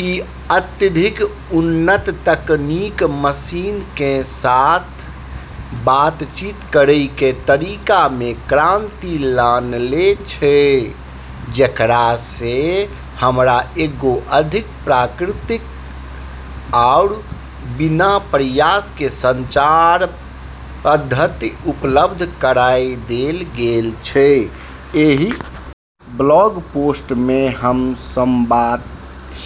ई अत्यधिक उन्नत तकनीक मशीनऽ के साथ बातचीत करै के तरीका मे क्रांति लानले छै, जेकरा से हमरा एगो अधिक प्राकृतिक आरू बिना प्रयास के संचार पद्धति उपलब्ध कराय देलऽ गेलऽ छै, एहि ब्लॉग पोस्ट में हम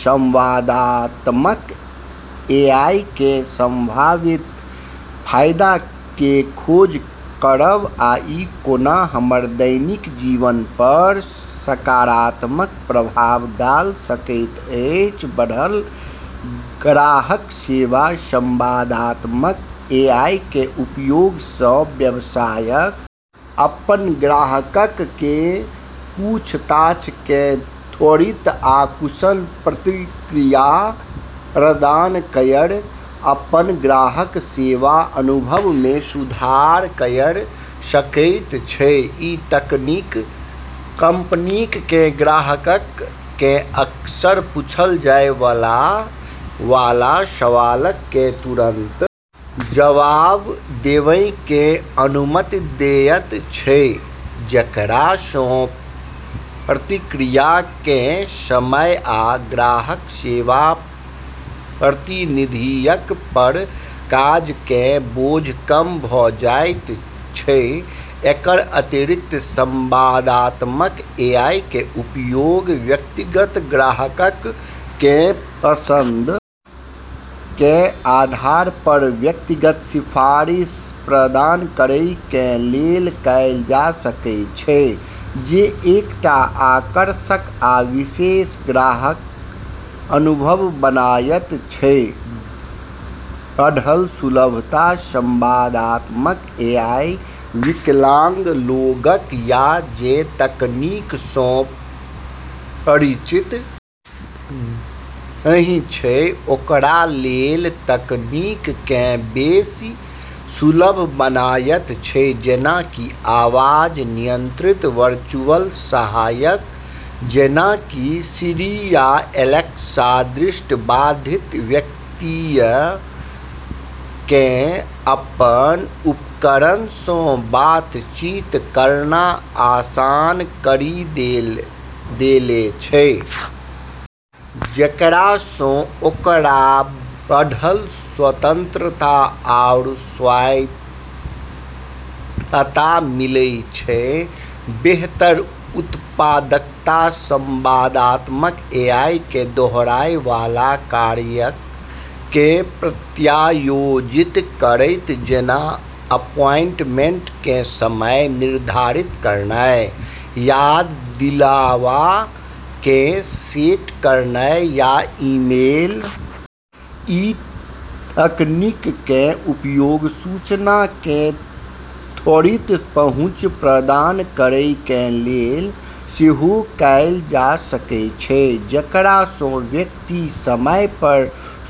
संवादात्मक एआई के संभावित फायदा के खोज करब आ ई कोना हमर दैनिक जीवन पर सकारात्मक प्रभाव डाल सकैत अछि, बढ़ल ग्राहक सेवा संवादात्मक एआई कें उपयोग सं व्यवसायक अपन ग्राहकक कें पूछताछ कें त्वरित आ कुशल प्रतिक्रिया प्रदान कयर अपन ग्राहक सेवा अनुभव मे सुधार कयर सकय छै, इ तकनीक कंपनीक कें ग्राहकक कें अक्सर पूछल जाय वाला सवालक कें तुरंत जवाब देवय कें अनुमति देयत छै‌ जेकरा सं प्रतिक्रिया कें समय आ ग्राहक सेवा प्रतिनिधियक पर काज कें बोझ कम भ जायत छै, एकर अतिरिक्त संवादात्मक एआई कें उपयोग व्यक्तिगत ग्राहकक कें पसंद कें आधार पर व्यक्तिगत सिफारिश प्रदान करय कें लेल कैल जा सकय छै जे एकटा आकर्षक आ विशेष ग्राहक अनुभव बनायत छै, बढ़ल सुलभता संवादात्मक एआई विकलांग लोगक या जे तकनीक सं परिचित नहि छै ओकरा लेल तकनीक कें बेसि सुलभ बनायत छै, जेना कि आवाज नियंत्रित वर्चुअल सहायक जेना कि सिरी या एलेक्सा, दृष्टिबाधित व्यक्तियऽ के अपनऽ उपकरणऽ से बातचीत करना आसान करी देले छै जेकरा स ओकरा बढ़लऽ स्वतंत्रता आरू स्वायत्तता मिलै छै, बेहतर उत्पादकता संवादात्मक एआई कें दोहराएय वाला कार्यक कें प्रत्यायोजित करयत जेना अपॉइंटमेंट कें समय निर्धारित करनाय, याद दिलावा कें सेट करनाय या ईमेल भेजनाय, व्यक्ति आ व्यवसायक काफी समय कें बचत कयर सकय छै आ ओकर उत्पादकता मे वृद्धि कयर सकय छै. इ तकनीक कें उपयोग सूचना कें त्वरित पहुंच प्रदान करय कें लेल सेहो कैल जा सकय छै जेकरा सं व्यक्ति समय पर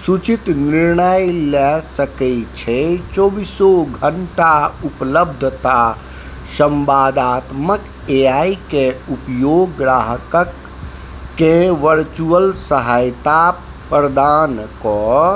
सूचित निर्णय ले सकय छै, चौबीसों घंटा उपलब्धता संवादात्मक एआई कें उपयोग ग्राहकक कें वर्चुअल सहायता प्रदान करय कें लेल कैल जा सकय छै जे ओकरा लगातार समर्थन आ निर्बाध सेवा प्रदान करयत छै।